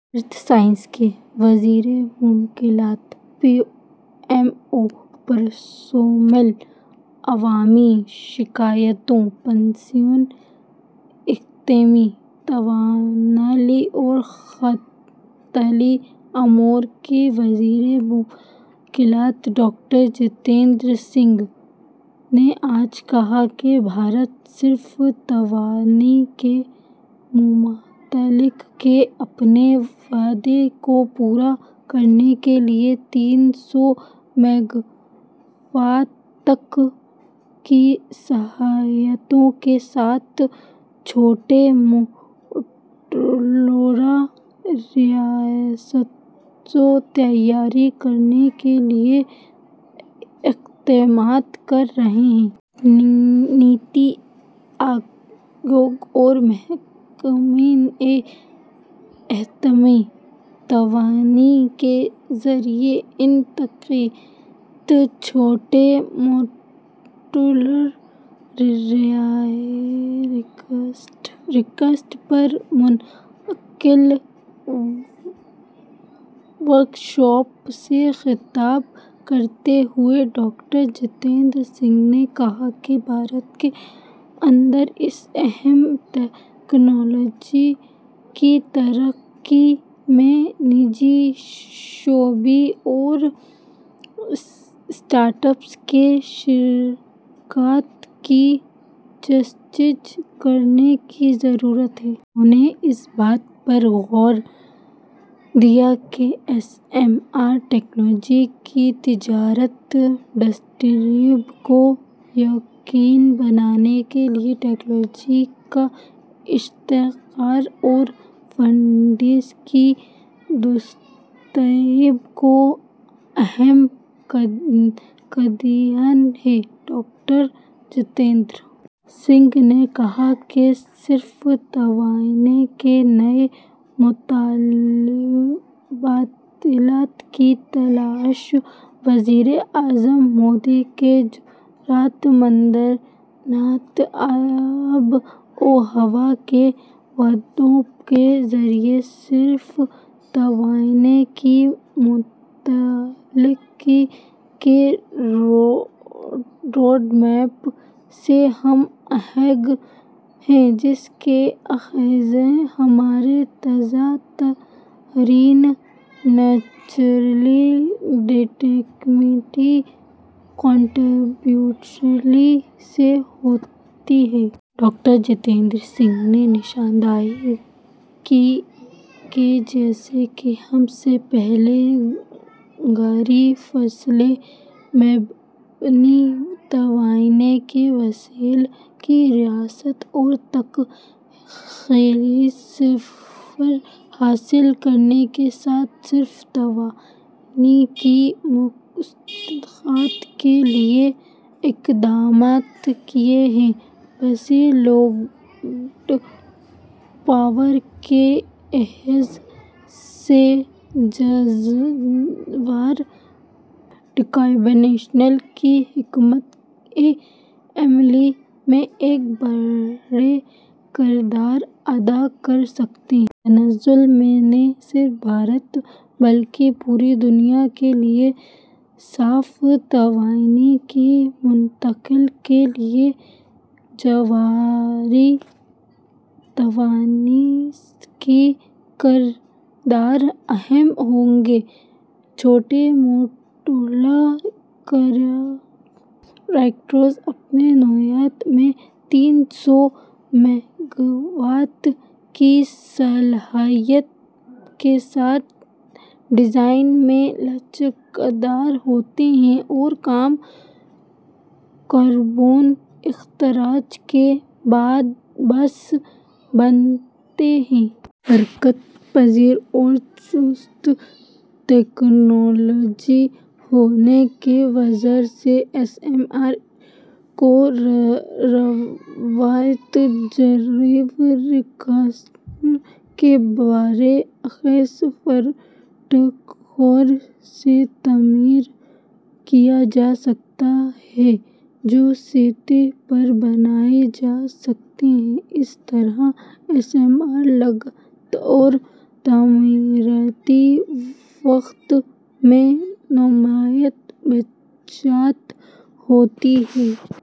ارتھ sciences کے وزیر مملکت ؛ پی ایم او، پرسنل، عوامی شکایات، پنشن، ایٹمی توانائی اور خلائی امور کے وزیر مملکت ڈاکٹر جتیندر سنگھ نے آج کہا کہ بھارت صاف توانائی کی منتقلی کے اپنے وعدے کو پورا کرنے کے لیے تین سو میگاواٹ تک کی صلاحیت کے ساتھ چھوٹے ماڈیولر ری ایکٹرز تیار کرنے کے لیے اقدامات کر رہا ہے۔ نیتی آیوگ اور محکمہ ایٹمی توانائی کے زیر انعقاد چھوٹے ماڈیولر ری ایکٹرز پر منعقدہ ورکشاپ سے خطاب کرتے ہوئے ڈاکٹر جتیندر سنگھ نے کہا کہ بھارت کے اندر اس اہم ٹکنالوجی کی ترقی میں نجی شعبے اور اسٹارٹ اپس کی شرکت کی جستجو کرنے کی ضرورت ہے۔ انھوں نے اس بات پر زور دیا کہ ایس ایم آر ٹیکنالوجی کی تجارتی دستیابی کو یقینی بنانے کے لیے ٹیکنالوجی کا اشتراک اور فنڈز کی دستیابی دو اہم کڑیاں ہیں۔ ڈاکٹر جتیندر سنگھ نے کہا کہ صاف توانائی کے نئے متبادلات کی تلاش وزیر اعظم مودی کے جرات مندانہ آب و ہوا کے وعدوں کے ذریعے صاف توانائی کی منتقلی کے روڈ میپ سے ہم آہنگ ہے جس کی عکاسی ہماری تازہ ترین نیشنلی ڈٹرمنڈ کنٹری بیوشنز سے ہوتی ہے۔ ڈاکٹر جتیندر سنگھ نے نشاندہی کی کہ جیسا کہ ہم نے پہلے ہی غیر فوسل مبنی توانائی کے وسائل کی رسائی اور تک خالص صفر حاصل کرنے کے ساتھ صاف توانائی کی منتقلی کے لیے اقدامات کیے ہیں، بیس لوڈ پاور کے لحاظ سے جوہری ڈی کاربونائزیشن کی حکمت عملی میں ایک بڑا کردار ادا کرسکتا ہے۔ اس تناظر میں نہ صرف بھارت بلکہ پوری دنیا کے لیے صاف توانائی کی منتقلی کے لیے جوہری توانائی کا کردار اہم ہوگا۔ چھوٹے ماڈیولر ری ایکٹرز، اپنی نوعیت میں تین سو میگاواٹ کی صلاحیت کے ساتھ ڈیزائن میں لچکدار ہوتے ہیں اور کم کاربن اخراج کا باعث بنتے ہیں۔ حرکت پذیر اور چست ٹکنالوجی ہونے کی وجہ سے ایس ایم آر کو روایتی جوہری ری ایکٹرز کے برعکس فیکٹری سے تعمیر کیا جاسکتا ہے جو سائٹ پر بنائے جاتے ہیں۔ اس طرح ایس ایم آر لاگت اور تعمیراتی وقت میں نمایاں بچت ہوتی ہے۔